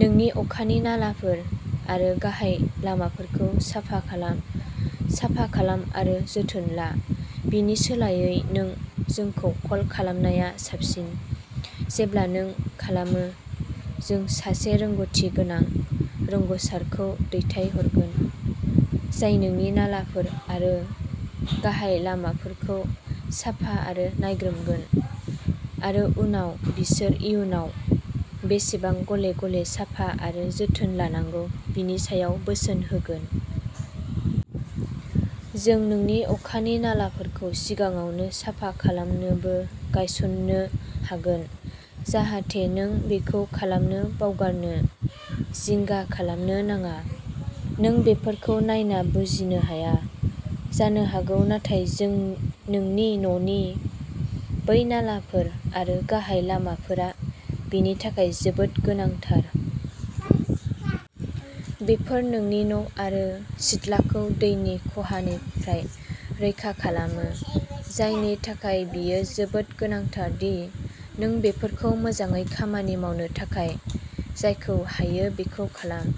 नोंनि अखानि नालाफोर आरो गाहाय लामाफोरखौ साफा खालाम, साफा खालाम आरो जोथोन ला, बेनि सोलायै नों जोंखौ कल खालामनाया साबसिन। जेब्ला नों खालामो, जों सासे रोंग'थिगोनां रोंग'सारखौ दैथायहरगोन जाय नोंनि नालाफोर आरो गाहाय लामाफोरखौ साफा आरो नायग्रोमगोन, आरो उनाव बिसोर इयुनाव बेसेबां गले-गले साफा आरो जोथोन लानांगौ बेनि सायाव बोसोन होगोन। जों नोंनि अखानि नालाफोरखौ सिगाङावनो साफा खालामनोबो गायसननो हागोन जाहाथे नों बेखौ खालामनो बावगारनो जिंगा खालामनो नाङा। नों बेफोरखौ नायना बुजिनो हाया जानो हागौ, नाथाय नोंनि न'नि बै नालाफोर आरो गाहाय लामाफोरा बेनि थाखाय जोबोद गोनांथार। बेफोर नोंनि न'आरो सिथ्लाखौ दैनि खहानिफ्राय रैखा खालामो, जायनि थाखाय बेयो जोबोद गोनांथार दि नों बेफोरखौ मोजाङै खामानि मावनो थाखाय जायखौ हायो बेखौ खालाम।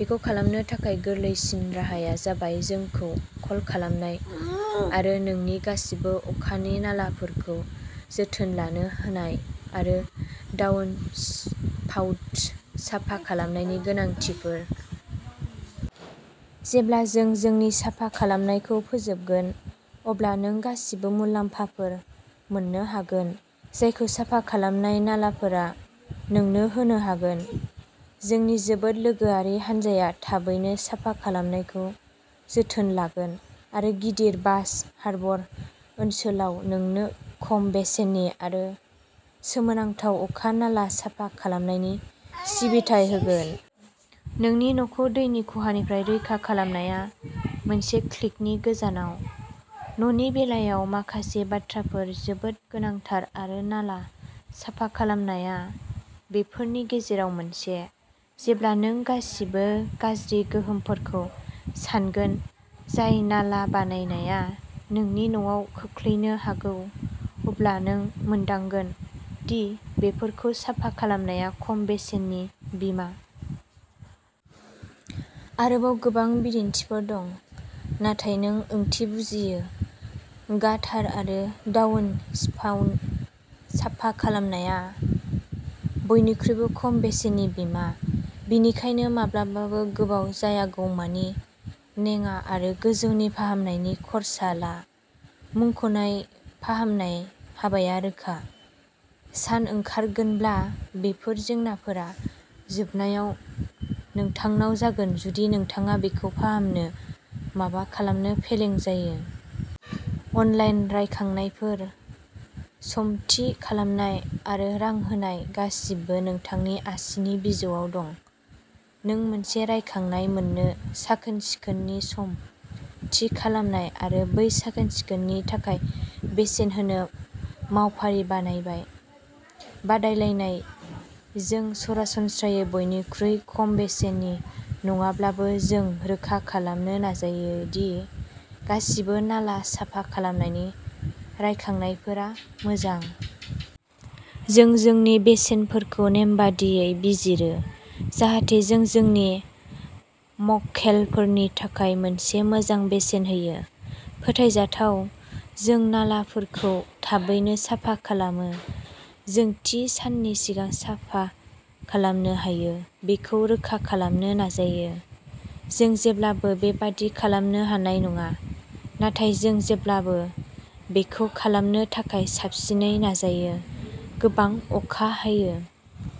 बेखौ खालामनो थाखाय गोरलैसिन राहाया जाबाय जोंखौ कल खालामनाय आरो नोंनि गासिबो अखानि नालाफोरखौ जोथोन लानो होनाय आरो डाउनस्पाउटस साफा खालामनायनि गोनांथिफोर। जेब्ला जों जोंनि साफा खालामनायखौ फोजोबगोन, अब्ला नों गासिबो मुलाम्फाफोर मोन्नो हागोन जायखौ साफा खालामनाय नालाफोरा नोंनो होनो हागोन। जोंनि जोबोद लोगोआरि हानजाया थाबैनो साफा खालामनायखौ जोथोन लागोन आरो गिदिर बास हार्बर ओनसोलाव नोंनो खम बेसेननि आरो सोमोनांथाव अखा नाला साफा खालामनायनि सिबिथाइ होगोन। नोंनि न'खौ दैनि खहानिफ्राय रैखा खालामनाया मोनसे क्लिकनि गोजानाव! न'नि बेलायाव माखासे बाथ्राफोर जोबोद गोनांथार आरो नाला साफा खालामनाया बेफोरनि गेजेराव मोनसे। जेब्ला नों गासिबो गाज्रि गोहोमफोरखौ सान्गोन जाय नाला बानायनाया नोंनि न'आव खोख्लैनो हागौ, अब्ला नों मोनदांगोन दि बेफोरखौ साफा खालामनाया खम बेसेननि बीमा। आरोबाव गोबां बिदिन्थिफोर दं नाथाय नों ओंथि बुजियो। गाटार आरो डाउनस्पाउट साफा खालामनाया बयनिख्रुइ खम बेसेननि बीमा, बेनिखायनो माब्लाबाबो गोबाव जायागौमानि नेङा आरो गोजौनि फाहामनायनि खर्सा ला। मुंख'नाय फाहामनाय हाबाया रोखा। सान ओंखारगोनब्ला, बेफोर जेंनाफोरा जोबनायाव नोंथांनाव जागोन जुदि नोंथाङा बेखौ फाहामनो माबा खालामनो फेलें जायो। अनलाइन रायखांनायफोर, सम थि खालामनाय, आरो रां होनाय-गासिबो नोंथांनि आसिनि बिजौआव दं। जों मोनसे रायखांनाय मोन्नो, साखोन-सिखोननि सम थि खालामनाय आरो बै साखोन-सिखोननि थाखाय बेसेन होनो मावफारि बानायबाय। बादायलायनाय-जों सरासनस्रायै बयनिख्रुइ खम बेसेननि नङाब्लाबो, जों रोखा खालामनो नाजायो दि गासिबो नाला साफा खालामनायनि रायखांनायफोरा मोजां। जों जोंनि बेसेनफोरखौ नेमबादियै बिजिरो जाहाथे जों जोंनि मक्केलफोरनि थाखाय मोनसे मोजां बेसेन होयो। फोथायजाथाव-जों नालाफोरखौ थाबैनो साफा खालामो। जों थि साननि सिगां साफा खालामनो हायो बेखौ रोखा खालामनो नाजायो। जों जेब्लाबो बेबादि खालामनो हानाय नङा, नाथाय जों जेब्लाबो बेखौ खालामनो थाखाय साबसिनै नाजायो। गोबां अखा हायो।